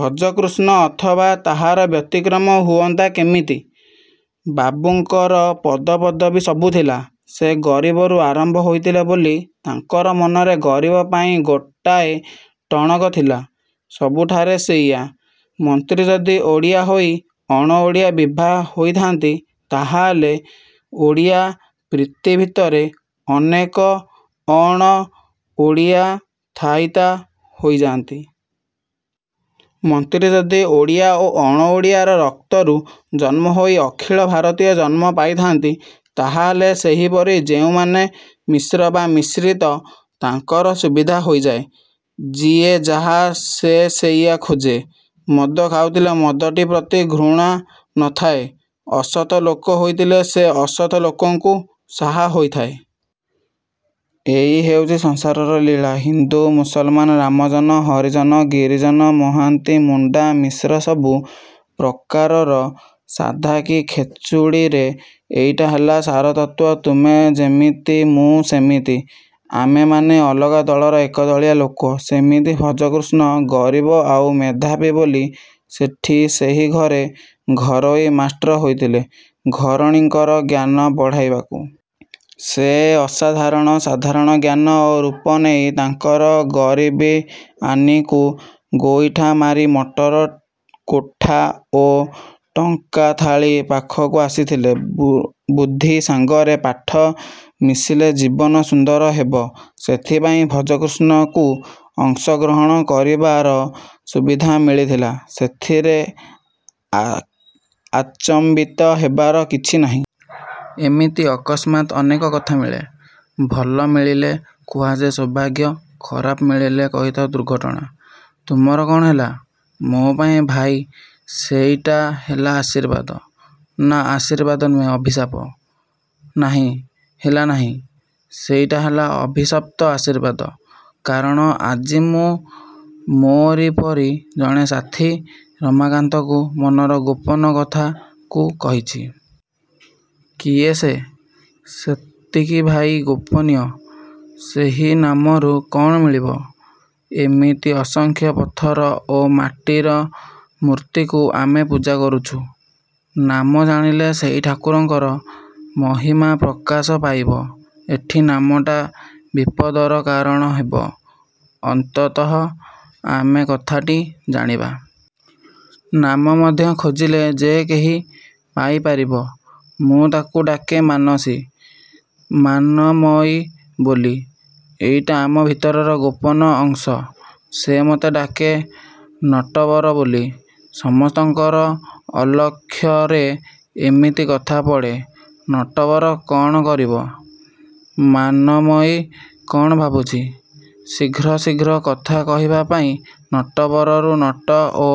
ଭଜକୃଷ୍ଣ ଅବା ତାହାର ବ୍ୟତିକ୍ରମ ହୁଅନ୍ତା କେମିତି? ବାବୁଙ୍କର ପଦପଦବୀ ସବୁ ଥିଲା। ସେ ଗରିବରୁ ଆରମ୍ଭ ହେଇଥିଲେ ବୋଲି ତାଙ୍କର ମନରେ ଗରିବ ପାଇଁ ଗୋଟାଏ ଟଣକ ଥିଲା। ସବୁଠାରେ ସେଇଆ- ମନ୍ତ୍ରୀ ଯଦି ଓଡ଼ିଆ ହେଇ ଅଣ-ଓଡ଼ିଆ ବିଭା ହେଇଥାନ୍ତି ତାହାହେଲେ ଓଡ଼ିଆ-ପ୍ରୀତି ଭିତରେ ଅନେକ ଅଣ-ଓଡ଼ିଆ ଥାଇତା ହୋଇଯାନ୍ତି। ମନ୍ତ୍ରୀ ଯଦି ଓଡ଼ିଆ ଓ ଅଣ-ଓଡ଼ିଆର ରକ୍ତରୁ ଜନ୍ମ ହୋଇ ଅଖିଳ-ଭାରତୀୟ ଜନ୍ମ ପାଇଥାନ୍ତି ତାହାହେଲେ ସେହିପରି ଯେଉଁମାନେ ମିଶ୍ର ବା ମିଶ୍ରିତ ତାଙ୍କର ସୁବିଧା ହେଇଯାଏ। ଯିଏ ଯାହା ସେ ସେଇଆ ଖୋଜେ। ମଦ ଖାଉଥିଲେ ମଦଟି ପ୍ରତି ଘୃଣା ନ ଥାଏ। ଅସତ ଲୋକ ହୋଇଥିଲେ ସେ ଅସତ ଲୋକଙ୍କୁ ସାହା ହେଇଥାଏ। ଇଏ ହେଉଛି ସଂସାରର ଲୀଳା। ହିନ୍ଦୁ, ମୁସଲମାନ, ରାମଜନ-ହରିଜନ-ଗିରିଜନ, ମାହାନ୍ତି-ମୁଣ୍ଡା-ମିଶ୍ର ସବୁ ପ୍ରକାରର ସାଧା କି ଖେଚୁଡ଼ିରେ ଏଇଟା ହେଲା ସାରତତ୍ତ୍ୱ-ତୁମେ ଯେମିତି ମୁଁ ସେମିତି। ଆମେମାନେ ଅଲଗା ଦଳର ଏକଦଳିଆ ଲୋକ। ସେମିତି ଭଜକୃଷ୍ଣ ଗରିବ ଆଉ ମେଧାବୀ ବୋଲି ସେଠି ସେହି ଘରେ ଘରୋଇ ମାଷ୍ଟ୍ର ହେଇଥିଲା-ଘରଣୀଙ୍କର ଜ୍ଞାନ ବଢ଼ାଇବାକୁ। ସେ ଅସାଧାରଣ, ସାଧାରଣ ଜ୍ଞାନ ଓ ରୂପ ନେଇ ତାଙ୍କର ଗରିବିଆନିକୁ ଗୋଇଠା ମାରି ମଟର କୋଠା ଓ ଟଙ୍କାଥାଳି ପାଖକୁ ଆସିଥିଲେ। ବୁଦ୍ଧି ସାଙ୍ଗରେ ପାଠ ମିଶିଲେ ଜୀବନ ସୁନ୍ଦର ହେବ। ସେଥିପାଇଁ ଭଜକୃଷ୍ଣକୁ ଅଂଶ ଗ୍ରହଣ କରିବାର ସୁବିଧା ମିଳିଥିଲା। ସେଥିରେ ଆଚମ୍ବିତ ହେବାର କିଛି ନାହିଁ। ଏମିତି ଅକସ୍ମାତ୍ ଅନେକ କଥା ମିଳେ। ଭଲ ମିଳିଲେ କୁହାଯାଏ ସୌଭାଗ୍ୟ-ଖରାପ ମିଳିଲେ କହିଥାଉ ଦୁର୍ଘଟଣା। -ତୁମର କ'ଣ ହେଲା? -ମୋ'ପାଇଁ ଭାଇ ସେଇଟା ହେଲା ଆଶୀର୍ବାଦ। ନା, ଆଶୀର୍ବାଦ ନୁହେଁ ଅଭିଶାପ। ନାହିଁ, ହେଲାନାହିଁ। ସେଇଟା ହେଲା ଅଭିଶପ୍ତ ଆଶୀର୍ବାଦ। କାରଣ ଆଜି ମୁଁ ମୋରି ପରି ଜଣେ ସାଥୀ ରମାକାନ୍ତକୁ ମନର ଗୋପନ କଥାକୁ କହୁଛି। -କିଏ ସେ? -ସେତିକି ଭାଇ ଗୋପନୀୟ। ସେହି ନାମରୁ କ'ଣ ମିଳିବ? ଏମିତି ଅସଂଖ୍ୟ ପଥର ଓ ମାଟିର ମୂର୍ତ୍ତିକୁ ଆମେ ପୂଜା କରୁଛୁ। ନାମ ଜାଣିଲେ ସେହି ଠାକୁରଙ୍କର ମହିମା ପ୍ରକାଶ ପାଇବ-। ଏଠି ନାମଟା ବିପଦର କାରଣ ହେବ। ଅନ୍ତତଃ ଆମେ କଥାଟି ଜାଣିବା। ନାମ ମଧ୍ୟ ଖୋଜିଲେ ଯେ କେହି ପାଇ ପାରିବ। -ମୁଁ ତାକୁ ଡାକେ ମାନସୀ-ମାନମୟୀ ବୋଲି। ଏଇଟା ଆମ ଭିତରର ଗୋପନ ଅଂଶ-। ସେ ମତେ ଡାକେ ନଟବର ବୋଲି। ସମସ୍ତଙ୍କର ଅଲକ୍ଷ୍ୟରେ ଏମିତି କଥା ପଡ଼େ-ନଟବର କ'ଣ କରିବ? ମାନମୟୀ କ'ଣ ଭାବୁଛି? ଶୀଘ୍ର ଶୀଘ୍ର କଥା କହିବା ପାଇଁ ନଟବରରୁ ନଟ ଓ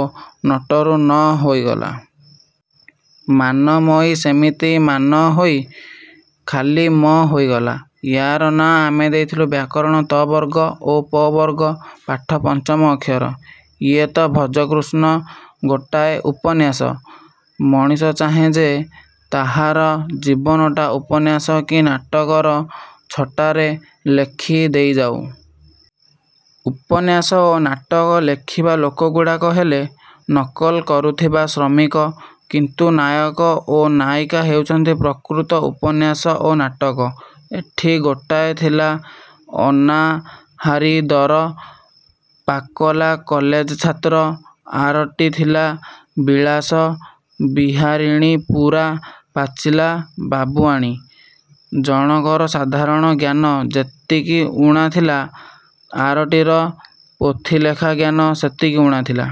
ନଟରୁ 'ନ' ହେଇଗଲା। ମାନମୟୀ ସେମିତି ମାନ ହେଇ ଖାଲି 'ମ' ହୋଇଗଲା। ୟା'ର ନାଁ ଆମେ ଦେଇଥିଲୁ ବ୍ୟାକରଣ ତ-ବର୍ଗ ଓ ପ-ବର୍ଗ ପାଠ-ପଞ୍ଚମ ଅକ୍ଷର। -ଇଏ ତ ଭଜକୃଷ୍ଣ ଗୋଟାଏ ଉପନ୍ୟାସ? -ମଣିଷ ଚାହେଁ ଯେ ତାହାର ଜୀବନଟା ଉପନ୍ୟାସ କି ନାଟକର ଛଟାରେ ଲେଖି ଦେଇଯାଉ। ଉପନ୍ୟାସ ଓ ନାଟକ ଲେଖିବା ଲୋକଗୁଡ଼ାକ ହେଲେ ନକଲ କରୁଥିବା ଶ୍ରମିକ; କିନ୍ତୁ ନାୟକ ଓ ନାୟିକା ହେଉଛନ୍ତି ପ୍ରକୃତ ଉପନ୍ୟାସ ଓ ନାଟକ। ଏଠି ଗୋଟାଏ ଥିଲା ଅନାହାରୀ ଦର-ପାକଲା କଲେଜ ଛାତ୍ର। ଆରଟି ଥିଲା ବିଳାସ-ବିହାରିଣୀ ପୂରା ପାଚିଲା ବାବୁଆଣୀ। ଜଣକର ସାଧାରଣ ଜ୍ଞାନ ଯେତିକି ଊଣାଥିଲା ଆରଟିର ପୋଥିଲେଖା ଜ୍ଞାନ ସେତିକି ଊଣା ଥିଲା।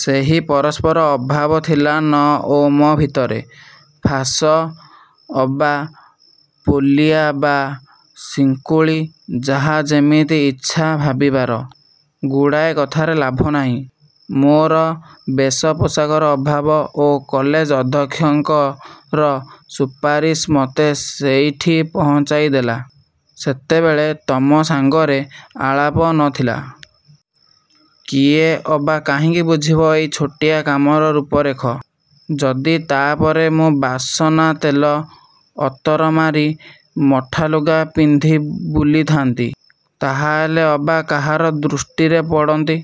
ସେହି ପରସ୍ପର ଅଭାବ ଥିଲା ନ ଓ ମ ଭିତରେ ଫାଶ ଅବା ପୋଲିଆ ବା ଶିଙ୍କୁଳି-ଯାହା ଯେମିତି ଇଚ୍ଛା ଭାବିପାର। ଗୁଡ଼ାଏ କଥାରେ ଲାଭ ନାହିଁ। ମୋର ବେଶ ପୋଷାକର ଅଭାବ ଓ କଲେଜ ଅଧ୍ୟକ୍ଷଙ୍କର ସୁପାରିଶ ମତେ ସେଇଠି ପହଞ୍ଚାଇ ଦେଲା। ସେତେବେଳେ ତମ ସାଙ୍ଗରେ ଆଳାପ ନ ଥିଲା। କିଏ ଅବା କାହିଁକି ବୁଝିବ ଏଇ ଛୋଟିଆ କାମର ରୂପ ରେଖ। ଯଦି ତା'ପରେ ମୁଁ ବାସନାତେଲ, ଅତର ମାରି ମଠାଲୁଗା ପିନ୍ଧି ବୁଲିଥାନ୍ତି, ତାହାହେଲେ ଅବା କାହାର ଦୃଷ୍ଟିରେ ପଡ଼ନ୍ତି;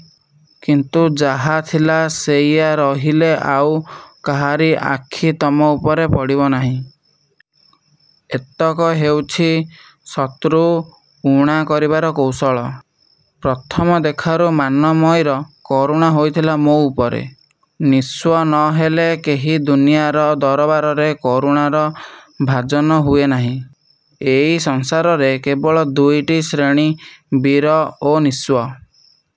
କିନ୍ତୁ ଯାହା ଥିଲା ସେଇଆ ରହିଲେ ଆଉ କାହାରି ଆଖି ତମ ଉପରେ ପଡ଼ିବ ନାହିଁ। ଏତକ ହେଉଛି ଶତ୍ରୁ ଊଣା କରିବାର କୌଶଳ। ପ୍ରଥମ ଦେଖାରୁ ମାନମୟୀର କରୁଣା ହେଇଥିଲା ମୋ ଉପରେ। -ନିସ୍ୱ ନ ହେଲେ କେହି ଦୁନିଆର ଦରବାରରେ କରୁଣାର ଭାଜନ ହୁଏ ନାହିଁ। ଏଇ ସଂସାରରେ କେବଳ ଦୁଇଟି ଶ୍ରେଣୀ-ବୀର ଓ ନିସ୍ୱ।